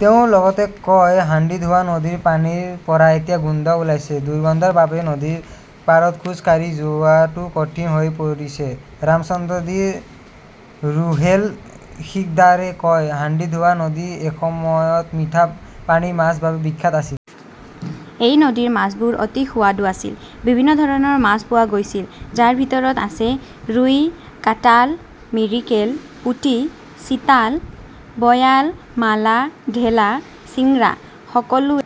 তেওঁ লগতে কয়, হাণ্ডিধোৱা নদীৰ পানীৰ পৰা এতিয়া গোন্ধ ওলাইছে। দুৰ্গন্ধৰ বাবে নদীৰ পাৰত খোজ কাঢ়ি যোৱাটো কঠিন হৈ পৰিছে। ৰামচন্দ্ৰদীৰ ৰোহেল সিকদাৰে কয়, হাণ্ডিধোৱা নদী এসময়ত মিঠা পানীৰ মাছৰ বাবে বিখ্যাত আছিল। এই নদীৰ মাছবোৰ অতি সুৱাদো আছিল। বিভিন্ন ধৰণৰ মাছ পোৱা গৈছিল, যাৰ ভিতৰত আছে ৰুই, কাটাল, মিৰিকেল, পুটি, চিতাল, বয়াল, মালা, ঢেলা, চিংৰা। সকলোৱে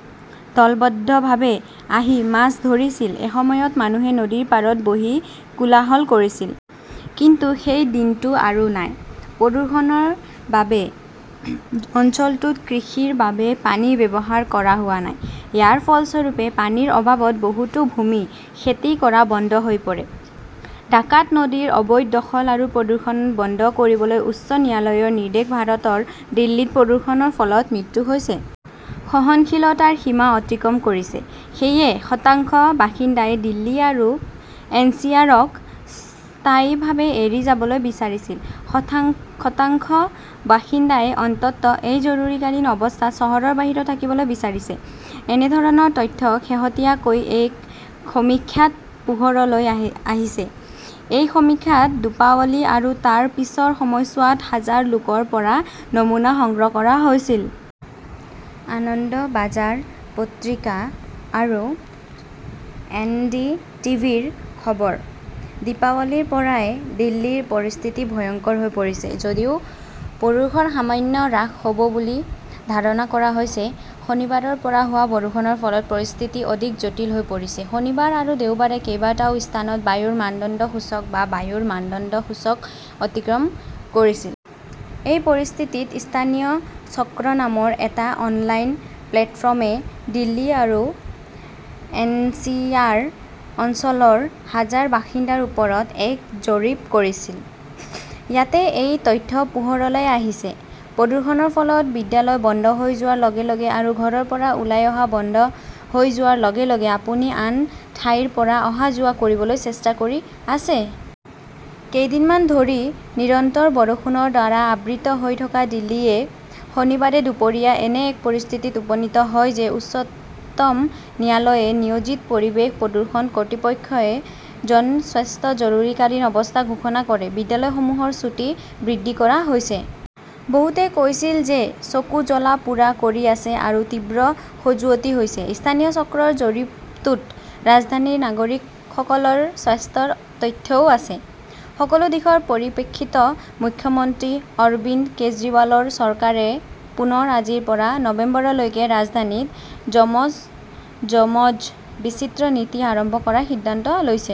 দলবদ্ধভাৱে আহি মাছ ধৰিছিল। এসময়ত মানুহে নদীৰ পাৰত বহি কোলাহল কৰিছিল। কিন্তু সেই দিনটো আৰু নাই। প্ৰদূষণৰ বাবে অঞ্চলটোত কৃষিৰ বাবে পানী ব্যৱহাৰ কৰা হোৱা নাই। ইয়াৰ ফলস্বৰূপে পানীৰ অভাৱত বহুতো ভূমি খেতি কৰা বন্ধ হৈ পৰে। ডাকাত নদীৰ অবৈধ দখল আৰু প্ৰদূষণ বন্ধ কৰিবলৈ উচ্চ ন্যায়ালয়ৰ নিৰ্দেশ ভাৰতৰ দিল্লীত প্ৰদূষণৰ ফলত মৃত্যু হৈছে। সহনশীলতাৰ সীমা অতিক্ৰম কৰিছে। সেয়ে, শতাংশ বাসিন্দাই দিল্লী আৰু এনচিআৰক স্থায়ীভাৱে এৰি যাবলৈ বিচাৰিছে। শতাংশ, শতাংশ বাসিন্দাই অন্তত এই জৰুৰীকালীন অৱস্থাত চহৰৰ বাহিৰত থাকিবলৈ বিচাৰিছে। এনে ধৰণৰ তথ্য শেহতীয়াকৈ এক সমীক্ষাত পোহৰলৈ আহি আহিছে। এই সমীক্ষাত দীপাৱলী আৰু তাৰ পিছৰ সময়ছোৱাত হাজাৰ লোকৰ পৰা নমুনা সংগ্ৰহ কৰা হৈছিল। আনন্দবাজাৰ পত্ৰিকা আৰু এনডিটিভিৰ খবৰ। দীপাৱলীৰ পৰাই দিল্লীৰ পৰিস্থিতি ভয়ংকৰ হৈ পৰিছে। যদিও প্ৰদূষণ সামান্য হ্ৰাস হ'ব বুলি ধাৰণা কৰা হৈছে, শনিবাৰৰ পৰা হোৱা বৰষুণৰ ফলত পৰিস্থিতি অধিক জটিল হৈ পৰিছে। শনিবাৰ আৰু দেওবাৰে কেইবাটাও স্থানত বায়ুৰ মানদণ্ড সূচক বা বায়ুৰ মানদণ্ড সূচক অতিক্ৰম কৰিছিল। এই পৰিস্থিতিত স্থানীয় চক্ৰ নামৰ এটা অনলাইন প্লেটফৰ্মে দিল্লী আৰু এনচিআৰ অঞ্চলৰ হাজাৰ বাসিন্দাৰ ওপৰত এক জৰীপ কৰিছিল। ইয়াতেই এই তথ্য পোহৰলৈ আহিছে। প্ৰদূষণৰ ফলত বিদ্যালয় বন্ধ হৈ যোৱাৰ লগে লগে আৰু ঘৰৰ পৰা ওলাই অহা বন্ধ হৈ যোৱাৰ লগে লগে, আপুনি আন ঠাইৰ পৰা অহা-যোৱা কৰিবলৈ চেষ্টা কৰি আছে। কেইদিনমান ধৰি নিৰন্তৰ বৰষুণৰ দ্বাৰা আবৃত হৈ থকা দিল্লীয়ে শনিবাৰে দুপৰীয়া এনে এক পৰিস্থিতিত উপনীত হয় যে উচ্চতম ন্যায়ালয়ে নিয়োজিত পৰিৱেশ প্ৰদূষণ কৰ্তৃপক্ষই জনস্বাস্থ্য জৰুৰীকালীন অৱস্থা ঘোষণা কৰে। বিদ্যালয়সমূহৰ ছুটী বৃদ্ধি কৰা হৈছে। বহুতে কৈছিল যে চকু জ্বলা-পোৰা কৰি আছে আৰু তীব্ৰ খজুৱতি হৈছে। স্থানীয় চক্ৰৰ জৰীপটোত ৰাজধানীৰ নাগৰিকসকলৰ স্বাস্থ্যৰ তথ্যও আছে। সকলো দিশৰ পৰিপ্ৰেক্ষিত, মুখ্যমন্ত্ৰী অৰবিন্দ কেজৰিৱালৰ চৰকাৰে পুনৰ আজিৰ পৰা নৱেম্বৰলৈকে ৰাজধানীত যমজ যমজ-বিচিত্ৰ নীতি আৰম্ভ কৰাৰ সিদ্ধান্ত লৈছে।